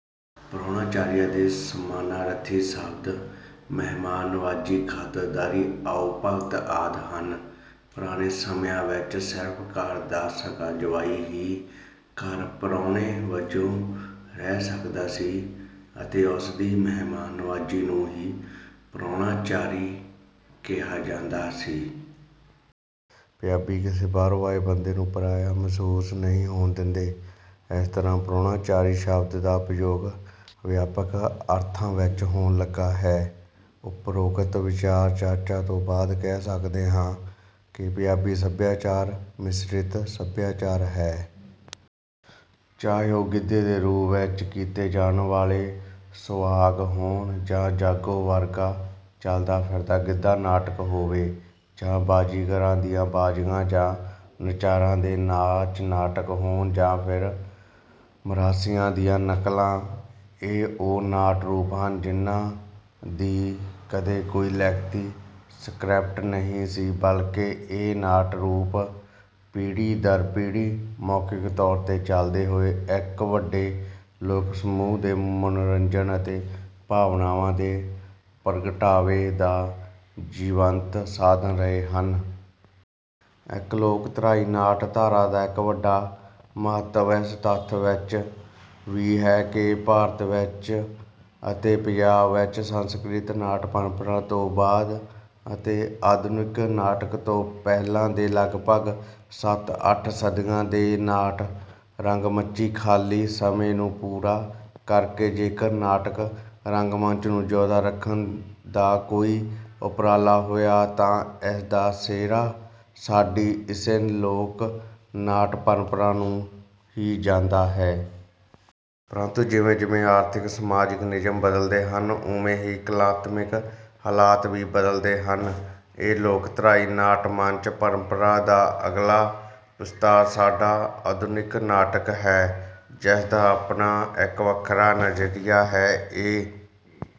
ਪ੍ਰਾਹੁਣਾਚਾਰੀ ਦੇ ਸਮਾਨਾਰਥੀ ਸ਼ਬਦ ਮਹਿਮਾਨ ਨਿਵਾਜ਼ੀ, ਖਾਤਿਰਦਾਰੀ, ਆਓ-ਭਗਤ ਆਦਿ ਹਨ। ਪੁਰਾਣੇ ਸਮਿਆਂ ਵਿੱਚ ਸਿਰਫ ਘਰ ਦਾ ਸਕਾ ਜਵਾਈ ਹੀ ਘਰ ਪ੍ਰਾਹੁਣੇ ਵਜੋਂ ਰਹਿ ਸਕਦਾ ਸੀ ਅਤੇ ਉਸਦੀ ਮਹਿਮਾਨ ਨਿਵਾਜ਼ੀ ਨੂੰ ਹੀ ਪ੍ਰਾਹੁਣਾਚਾਰੀ ਕਿਹਾ ਜਾਂਦਾ ਸੀ। ਪੰਜਾਬੀ ਕਿਸੇ ਬਾਹਰੋਂ ਆਏ ਬੰਦੇ ਨੂੰ ਪਰਾਇਆ ਮਹਿਸੂਸ ਨਹੀਂ ਹੋਣ ਦਿੰਦੇ। ਇਸ ਤਰ੍ਹਾਂ ਪ੍ਰਾਹੁਣਾਚਾਰੀ ਸ਼ਬਦ ਦਾ ਪ੍ਰਯੋਗ ਵਿਆਪਕ ਅਰਥਾਂ ਵਿੱਚ ਹੋਣ ਲੱਗਾ ਹੈ। ਉਪਰੋਕਤ ਵਿਚਾਰ ਚਰਚਾ ਤੋਂ ਬਾਅਦ ਕਹਿ ਸਕਦੇ ਹਾਂ ਕਿ ਪੰਜਾਬੀ ਸਭਿਆਚਾਰ ਮਿਸ਼ਰਿਤ ਸਭਿਆਚਾਰ ਹੈ। ਚਾਹੇ ਉਹ ਗਿੱਧੇ ਦੇ ਰੂਪ ਵਿੱਚ ਕੀਤੇ ਜਾਣ ਵਾਲੇ ਸੁਆਂਗ ਹੋਣ, ਜਾਂ ਜਾਗੋ ਵਰਗਾ ਚਲਦਾ ਫਿਰਦਾ ਗਿੱਧਾ-ਨਾਟਕ ਹੋਵੇ ਜਾਂ ਬਾਜੀਗਰਾਂ ਦੀਆਂ ਬਾਜੀਆਂ ਜਾਂ ਨਚਾਰਾਂ ਦੇ ਨਾਚ-ਨਾਟਕ ਹੋਣ ਜਾਂ ਫਿਰ ਮਿਰਾਸੀਆਂ ਦੀਆਂ ਨਕਲਾਂ। ਇਹ ਉਹ ਨਾਟ ਰੂਪ ਹਨ ਜਿਨ੍ਹਾਂ ਦੀ ਕਦੇ ਕੋਈ ਲਿਖਤੀ ਸਕ੍ਰਿਪਟ ਨਹੀਂ ਸੀ, ਬਲਕਿ ਇਹ ਨਾਟ-ਰੂਪ ਪੀੜ੍ਹੀ-ਦਰ-ਪੀੜ੍ਹੀ ਮੌਖਿਕ ਤੌਰ ਤੇ ਚਲਦੇ ਹੋਏ ਇੱਕ ਵੱਡੇ ਲੋਕ ਸਮੂਹ ਦੇ ਮਨੋਰੰਜਨ ਅਤੇ ਭਾਵਨਾਵਾਂ ਦੇ ਪ੍ਰਗਟਾਵੇ ਦਾ ਜੀਵੰਤ ਸਾਧਨ ਰਹੇ ਹਨ। ਇੱਕ ਲੋਕਧਾਰਾਈ ਨਾਟ ਧਾਰਾ ਦਾ ਇੱਕ ਵੱਡਾ ਮਹੱਤਵ ਇਸ ਤੱਥ ਵਿੱਚ ਵੀ ਹੈ ਕਿ ਭਾਰਤ ਵਿੱਚ ਅਤੇ ਪੰਜਾਬ ਵਿੱਚ ਸੰਸਕ੍ਰਿਤ ਨਾਟ ਪਰੰਪਰਾ ਤੋਂ ਬਾਅਦ ਅਤੇ ਆਧੁਨਿਕ ਨਾਟਕ ਤੋਂ ਪਹਿਲਾਂ ਦੇ ਲਗਭਗ ਸੱਤ-ਅੱਠ ਸਦੀਆਂ ਦੇ ਨਾਟ-ਰੰਗਮੰਚੀ ਖਾਲੀ ਸਮੇਂ ਨੂੰ ਪੂਰਾ ਕਰਕੇ ਜੇਕਰ ਨਾਟਕ ਰੰਗਮੰਚ ਨੂੰ ਜਿਉਂਦਾ ਰੱਖਣ ਦਾ ਕੋਈ ਉਪਰਾਲਾ ਹੋਇਆ ਤਾਂ ਇਸ ਦਾ ਸਿਹਰਾ ਸਾਡੀ ਇਸੇ ਲੋਕ ਨਾਟ ਪਰੰਪਰਾ ਨੂੰ ਹੀ ਜਾਂਦਾ ਹੈ। ਪਰੰਤੂ ਜਿਵੇਂ ਜਿਵੇਂ ਆਰਥਿਕ-ਸਮਾਜਿਕ ਨਿਯਮ ਬਦਲਦੇ ਹਨ ਉਵੇਂ ਹੀ ਕਲਾਤਮਕ ਹਾਲਾਤ ਵੀ ਬਦਲਦੇ ਹਨ। ਇਹ ਲੋਕਧਾਰਾਈ ਨਾਟ-ਮੰਚ ਪਰੰਪਰਾ ਦਾ ਅਗਲਾ ਵਿਸਥਾਰ ਸਾਡਾ ਆਧੁਨਿਕ ਨਾਟਕ ਹੈ ਜਿਸ ਦਾ ਆਪਣਾ ਇੱਕ ਵੱਖਰਾ ਨਜ਼ਰੀਆ ਹੈ। ਇਹ